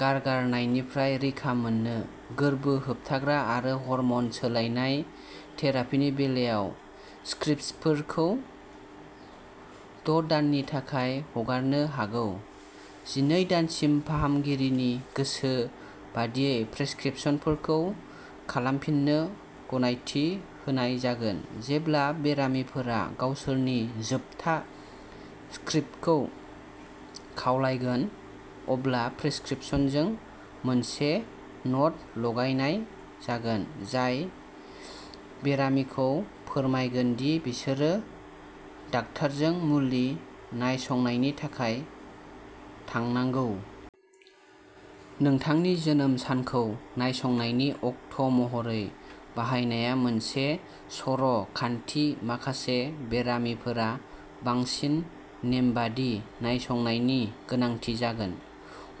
गारगारनायनिफ्राय रैखा मोनो। गोर्बो होबथाग्रा आरो हर्मन सोलायनाय थेरापिनि बेलायाव स्क्रिप्टफोरखौ द' दाननि थाखाय हगारनो हागौ। जिनै दानसिम फाहामगिरिनि गोसो बादियै प्रिस्क्रिप्शनफोरखौ खालामफिननो गनायथि होनाय जागोन। जेब्ला बेरामिफोरा गावसोरनि जोबथा स्क्रिप्टखौ खावलायगोन अब्ला प्रिस्क्रिप्शनजों मोनसे न'ट लगायनाय जागोन जाय बेरामिखौ फोरमायगोन दि बिसोरो डाक्टारजों मुलि नायसंनायनि थाखाय थांनांगौ। नोंथांनि जोनोम सानखौ नायसंनायनि अक्ट' महरै बाहायनाया मोनसे सर' खान्थि माखासे बेरामिफोरा बांसिन नेमबादि नायसंनायनि गोनांथि जागोन।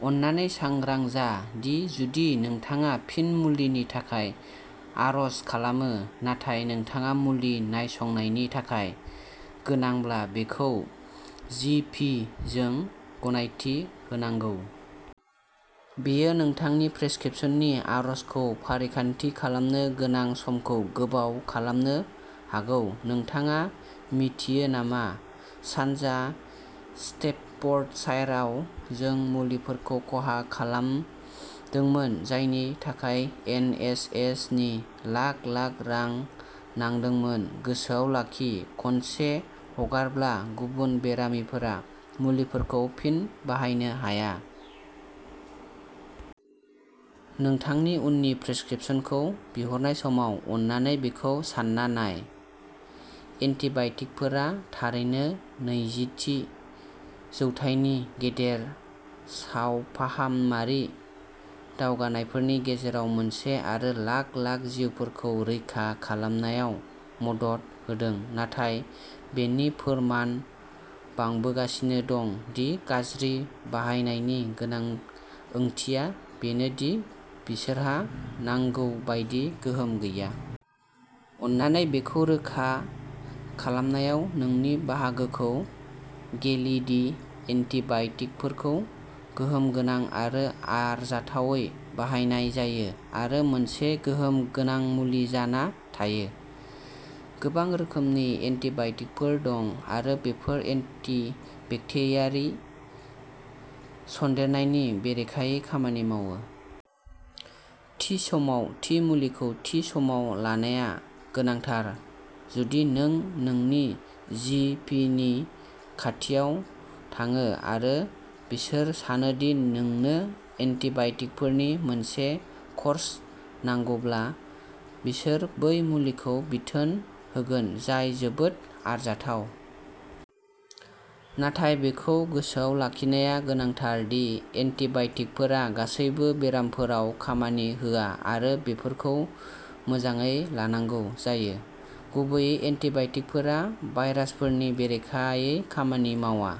अन्नानै सांग्रां जा दि जुदि नोंथाङा फिन मुलिनि थाखाय आर'ज खालामो नाथाय नोंथाङा मुलि नायसंनायनि थाखाय गोनांब्ला बेखौ जि पि जों गनायथि होनांगौ। बेयो नोंथांनि प्रिस्क्रिप्शननि आरजखौ फारिखान्थि खालामनो गोनां समखौ गोबाव खालामनो हागौ। नोंथाङा मिथियो नामा, सानजा स्टेफर्डशायरआव जों मुलिफोरखौ खहा खालामदोंमोन जायनि थाखाय एन एच एस नि लाख लाख रां नांदोंमोन गोसोआव लाखि खनसे हगारब्ला, गुबुन बेरामिफोरा मुलिफोरखौ फिन बाहायनो हाया। नोंथांनि उननि प्रिस्क्रिप्शनखौ बिहरनाय समाव अन्नानै बेखौ सान्ना नाय। एन्टीबाय'टिकफोरा थारैनो नैजिथि जौथाइनि गेदेर सावफाहामारि दावगानायफोरनि गेजेराव मोनसे आरो लाख-लाख जिउफोरखौ रैखा खालामनायाव मदद होदों। नाथाय बेनि फोरमान बांबोगासिनो दं दि गाज्रि बाहायनायनि गोनां ओंथिया बेनो दि बिसोरहा नांगौ बायदि गोहोम गैया। अन्नानै बेखौ रोखा खालामनायाव नोंनि बाहागोखौ गेले दि एन्टीबाय'टिकफोरखौ गोहोम गोनां आरो आरजाथावै बाहायनाय जायो आरो मोनसे गोहोम गोनां मुलि जाना थायो। गोबां रोखोमनि एन्टीबाय'टिकफोर दं, आरो बेफोरो बेक्टेरियानि सन्देरनायनि बेरेखायै खामानि मावो। थि समाव थि मुलिखौ थि समाव लानाया गोनांथार जुदि नों नोंनि जि पि नि खाथियाव थाङो आरो बिसोर सानो दि नोंनो एन्टीबाय'टिकफोरनि मोनसे कर्स नांगौब्ला बिसोर बै मुलिखौ बिथोन होगोन जाय जोबोर आरजाथाव। नाथाय बेखौ गोसोआव लाखिनाया गोनांथार दि एन्टीबाय'टिकफोरा गासैबो बेरामफोराव खामानि होआ आरो बेफोरखौ मोजाङै लानांगौ जायो। गुबैयै एन्टीबाय'टिकफोरा भायरासफोरनि बेरेखायै खामानि मावा।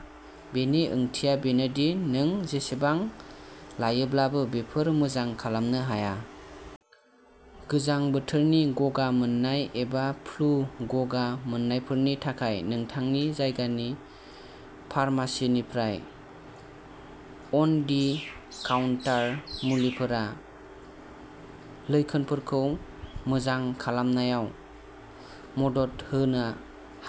बेनि ओंथिया बेनो दि नों जेसेबां लायोब्लाबो, बेफोरो मोजां खालामनो हाया। गोजां बोथोरनि गगा मोननाय एबा फ्लु गगा मोननायफोरनि थाखाय नोंथांनि जायगानि फार्मेसीनिफ्राय अन दि काउन्टार मुलिफोरा लैखोनफोरखौ मोजां खालामनायाव मदद होनो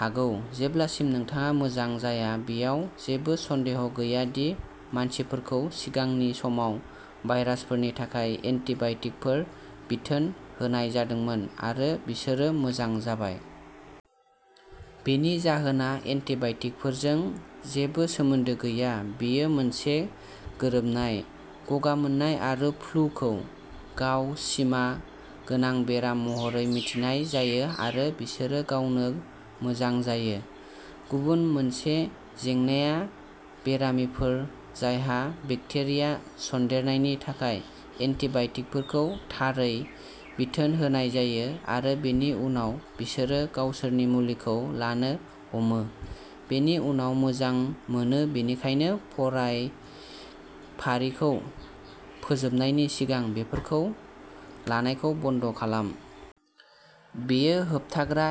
हागौ जेब्लासिम नोंथाङा मोजां जाया। बेयाव जेबो सन्देह गैया दि मानसिफोरखौ सिगांनि समाव भाइरासफोरनि थाखाय एन्टिबाय'टिकफोर बिथोन होनाय जादोंमोन आरो बिसोरो मोजां जाबाय। बेनि जाहोना एन्टिबाय'टिकफोरजों जेबो सोमोन्दो गैया बेयो मोनसे गोरोबनाय। गगा मोननाय आरो फ्लुखौ गाव सिमा गोनां बेराम महरै मिथिनाय जायो आरो बिसोरो गावनो मोजां जायो। गुबुन मोनसे जेंनाया बेरामिफोर जायहा बेक्टेरिया सन्देरनायनि थाखाय एन्टिबाय'टिकफोरखौ थारै बिथोन होनाय जायो आरो बेनि उनाव बिसोरो गावसोरनि मुलिखौ लानो हमो, बेनि उनाव मोजां मोनो बेनिखायनो फरायफारिखौ फोजोबनायनि सिगां बेफोरखौ लानायखौ बन्द खालाम। बेयो होबथाग्रा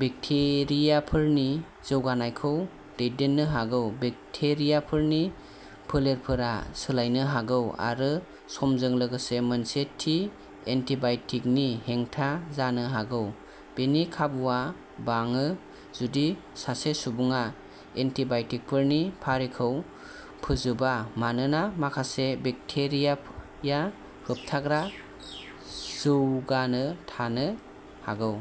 बेक्टेरियाफोरनि जौगानायखौ दैदेननो हागौ। बेक्टेरियाफोरनि फोलेरफोरा सोलायनो हागौ आरो समजों लोगोसे मोनसे थि एन्टिबाय'टिकनि हेंथा जानो हागौ। बेनि खाबुआ बाङो जुदि सासे सुबुङा एन्टिबाय'टिकफोरनि फारिखौ फोजोबा मानोना माखासे बेक्टेरियाया होबथाग्रा जौगानो थानो हागौ।